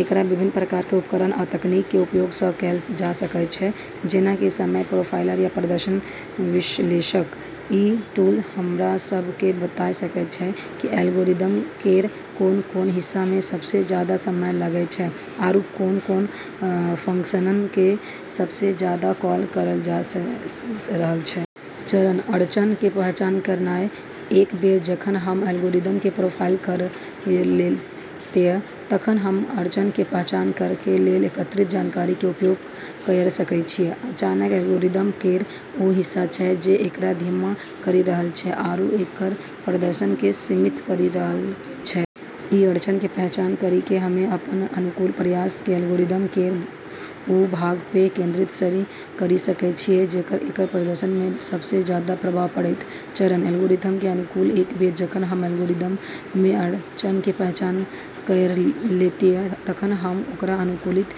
एकरा विभिन्न प्रकार कें उपकरण आ तकनीक कें उपयोग सं कैल जा सकय छै, जेना कि समय प्रोफाइलर या प्रदर्शन विश्लेषक. ई टूल हमरा सब क॑ बताय सकै छै कि एल्गोरिदम केरऽ कोन-कोन हिस्सा म॑ सबसें जादा समय लगै छै, आरू कोन-कोन फंक्शन क॑ सबसें जादा कॉल करलऽ जाय रहलऽ छै। चरण: अड़चन कें पहचान करनाय: एक बेर जखन हम एल्गोरिदम कें प्रोफाइल कयर लेतय, तखन हम अड़चनक कें पहचान करय कें लेल एकत्रित जानकारी कें उपयोग कयर सकय छी. अड़चन एल्गोरिदम केरऽ वू हिस्सा छै जे एकरा धीमा करी रहलऽ छै आरू एकरऽ प्रदर्शन क॑ सीमित करी रहलऽ छै। ई अड़चनऽ के पहचान करी क॑ हम्मं॑ अपनऽ अनुकूलन प्रयास क॑ एल्गोरिदम केरऽ वू भागऽ प॑ केंद्रित करी सकै छियै जेकरऽ एकरऽ प्रदर्शन प॑ सबसें जादा प्रभाव पड़तै। चरण: एल्गोरिदम कें अनुकूलन: एक बेर जखन हम एल्गोरिदम मे अड़चन कें पहचान कयर लेतय, तखन हम ओकरा अनुकूलित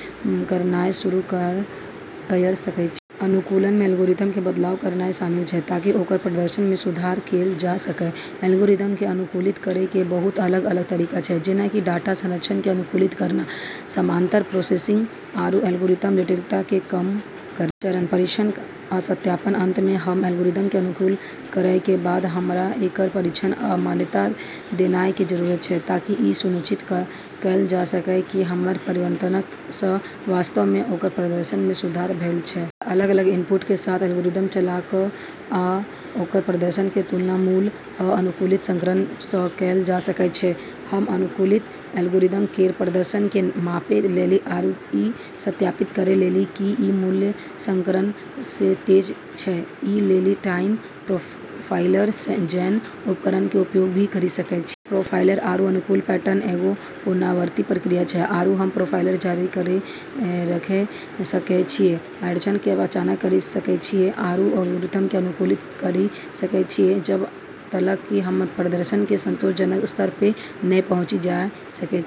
करनाय शुरू कयर सकय छी. अनुकूलन मे एल्गोरिदम मे बदलाव करनाय शामिल छै ताकि ओकर प्रदर्शन मे सुधार कैल जा सकय. एल्गोरिदम क॑ अनुकूलित करै के बहुत अलग-अलग तरीका छै, जेना कि डाटा संरचना क॑ अनुकूलित करना, समानांतर प्रोसेसिंग, आरू एल्गोरिदमिक जटिलता क॑ कम करना। चरण: परीक्षण आ सत्यापन: अंत मे, हम एल्गोरिदम कें अनुकूलित करय कें बाद, हमरा एकर परीक्षण आ मान्यता देनाय कें जरूरत छै ताकि इ सुनिश्चित कैल जा सकय कि हमर परिवर्तनक सं वास्तव मे ओकर प्रदर्शन मे सुधार भेल छै. एकरा अलग-अलग इनपुट कें साथ एल्गोरिदम चला क आ ओकर प्रदर्शन कें तुलना मूल, अअनुकूलित संस्करण सं कैल जा सकय छै. हम अनुकूलित एल्गोरिदम केरऽ प्रदर्शन क॑ मापै लेली आरू ई सत्यापित करै लेली कि ई मूल संस्करण स॑ तेज छै, ई लेली टाइम प्रोफाइलर जैसनऽ उपकरण के उपयोग भी करी सकै छियै। ई प्रोफाइलर आरू अनुकूलन पैटर्न एगो पुनरावर्ती प्रक्रिया छै, आरू हम प्रोफाइलर जारी रखै सकै छियै, अड़चनऽ के पहचान करी सकै छियै, आरू एल्गोरिदम क॑ अनुकूलित करी सकै छियै जब॑ तलक कि हम प्रदर्शन के संतोषजनक स्तर प॑ नै पहुँची जाय सकै छियै।